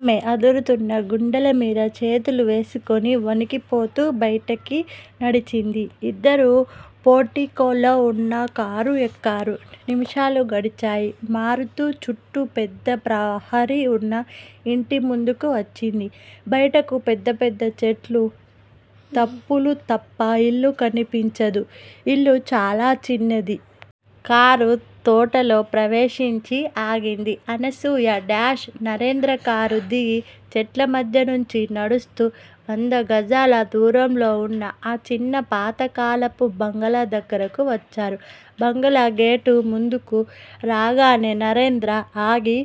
ఆమె అదురుతున్న గుండెలమీద చేతులు వేసుకొని వణికిపోతూ బయటికి నడిచింది. ఇద్దరూ పోర్టికోలో ఉన్నకారు ఎక్కారు. నిముషాలు గడిచాయి. మారుతి చుట్టూ పెద్ద ప్రహరీ ఉన్న ఇంటి ముందుకు వచ్చింది బయటికి పెద్ద పెద్ద చెట్లూ, తప్పులూ తప్ప ఇల్లు కన్పించదు. ఇల్లు చాలా చిన్నది. కారు తోటలో ప్రవేశించి ఆగింది. అనసూయ- నరేంద్రకారు దిగి చెట్ల మధ్య నుంచి నడుస్తూ వంద గజాల దూరంలో ఉన్న ఆ చిన్న పాతకాలపు బంగళా దగ్గరకు వచ్చారు. బంగళా గేటు ముందుకు రాగానే నరేంద్ర ఆగి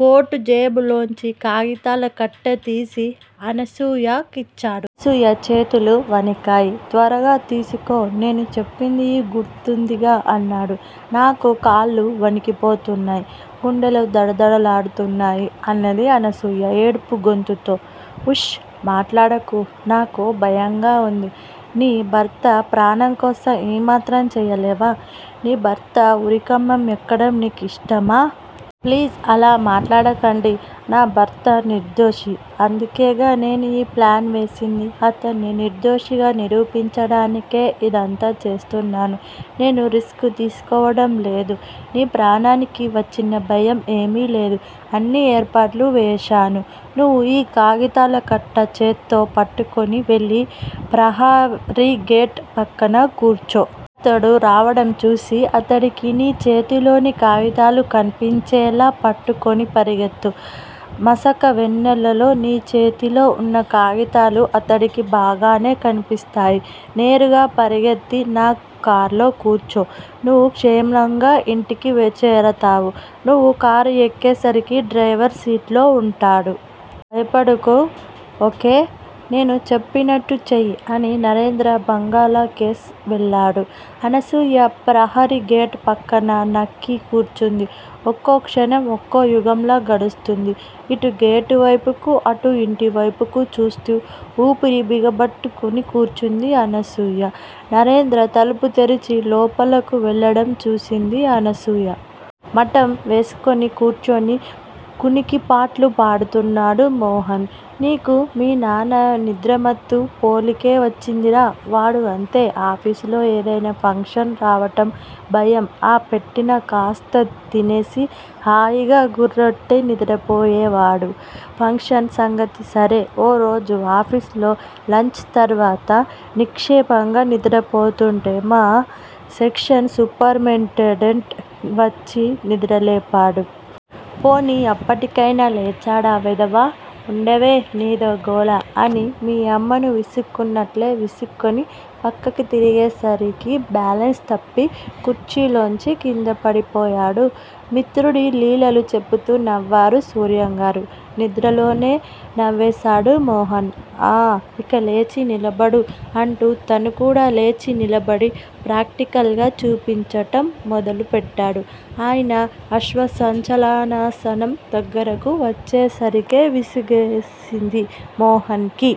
కోటు జేబు లోంచి కాగితాల కట్టతీసి అనసూయ కిచ్చాడు. అనసూయ చేతులు వణికాయి. త్వరగా తీసుకో, నేను చెప్పింది గుర్తుందిగా? అన్నాడు. నాకు కాళ్ళు వణికిపోతున్నాయి. గుండెలు దడదడలాడుతున్నాయి అన్నది అనసూయ ఏడుపుగొంతుతో. ఉష్! మాట్లాడకు. నాకు భయంగా ఉంది. నీ భర్త ప్రాణం కోసం ఈ మాత్రం చెయ్యలేవా? నీ భర్త ఉరికంబం ఎక్కడం నీకు ఇష్టమా? ప్లీజ్ అలా మాట్లాడకండి. నా భర్త నిర్దోషి. అందుకేగా నేను ఈ ప్లాను వేసింది. అతడ్ని నిర్దోషిగా నిరూపించడానికే ఇదంతా చేస్తున్నాను. నేను రిస్క్ తీసుకోవడంలేదూ? నీ ప్రాణానికి వచ్చిన భయం ఏమీలేదు. అన్ని ఏర్పాట్లూ వేశాను. నువ్వు ఈ కాగితాల కట్ట చెత్తో పట్టుకొని వెళ్ళి ప్రహరీగేటు పక్కగా కూర్చో. అతడు రావడం చూసి అతడికి నీ చేతిలోని కాగితాలు కన్పించేళా పట్టుకొని పరిగెత్తు మసక వెన్నెల్లో నీ చేతిలో ఉన్న కాగితాలు అతడికి బాగానే కన్పిస్తాయి. నేరుగా పరిగెత్తి నా కార్లో కూర్చో. నువ్వు క్షేమంగా ఇంటికి చేరతావు. నువ్వు కారు ఎక్కేసరికి డ్రైవర్ సీట్లో ఉంటాడు. భయపడకు ఓ. కే! నేను చెప్పినట్టు చెయ్యి అని నరేంద్ర బంగళా కేసి వెళ్ళాడు. అనసూయ ప్రహరీ గేటు పక్కన నక్కి కూర్చుంది. ఒక్కొక్క క్షణం ఒక్కో యుగంలా గడుస్తోంది. ఇటు గేటు వైపుకూ అటు ఇంటివైపుకూ చూస్తూ, ఊపిరి బిగబట్టుకుని కూర్చుంది అనసూయ. నరేంద్ర తలుపు తెరిచి లోపలకు వెళ్ళడం చూసింది అనసూయ. మఠం వేసుకుని కూర్చుని కునికిపాట్లు పడుతున్నాడు మోహన్. నీకూ మీ నాన్న నిద్రమత్తు పోలికే వచ్చిందిరా! వాడూ అంతే. ఆఫీసులో ఏదయినా ఫంక్షన్ రావడం భయం ఆ పెట్టిన కాస్తా తినేసి హాయిగా గుర్రెట్టి నిద్రపోయేవాడు. ఫంక్షన్ సంగతి సరే ఓరోజు ఆఫీసులో లంచ్ తరువాత నిక్షేపంగా నిద్రపోతుంటే మా సెక్షన్ సూపరెంటెండెంట్ వచ్చినిద్రలేపాడు. పోనీ అప్పటికయినా లేచాడా వెధవ! ఉండవే నీదో గోల! అని మీ అమ్మను విసుక్కున్నట్లే విసుక్కుని పక్కకి తిరిగేసరికి బాలెన్స్ తప్పి కుర్చీలోంచి కిందపడిపోయాడు మిత్రుడి లీలలు చెప్పుతూ నవ్వారు సూర్యంగారు. నిద్రలోనే నవ్వేసాడు మోహన్. ఆ! ఇక లేచి నిలబడు! అంటూ తనుకూడా లేచి నిలబడి ప్రాక్టికల్ గా చూపించటం మొదలు పెట్టాడు ఆయన అశ్వసంచాలనాసనం దగ్గరకు వచ్చేసరికే విసుగేసింది మోహన్ కి.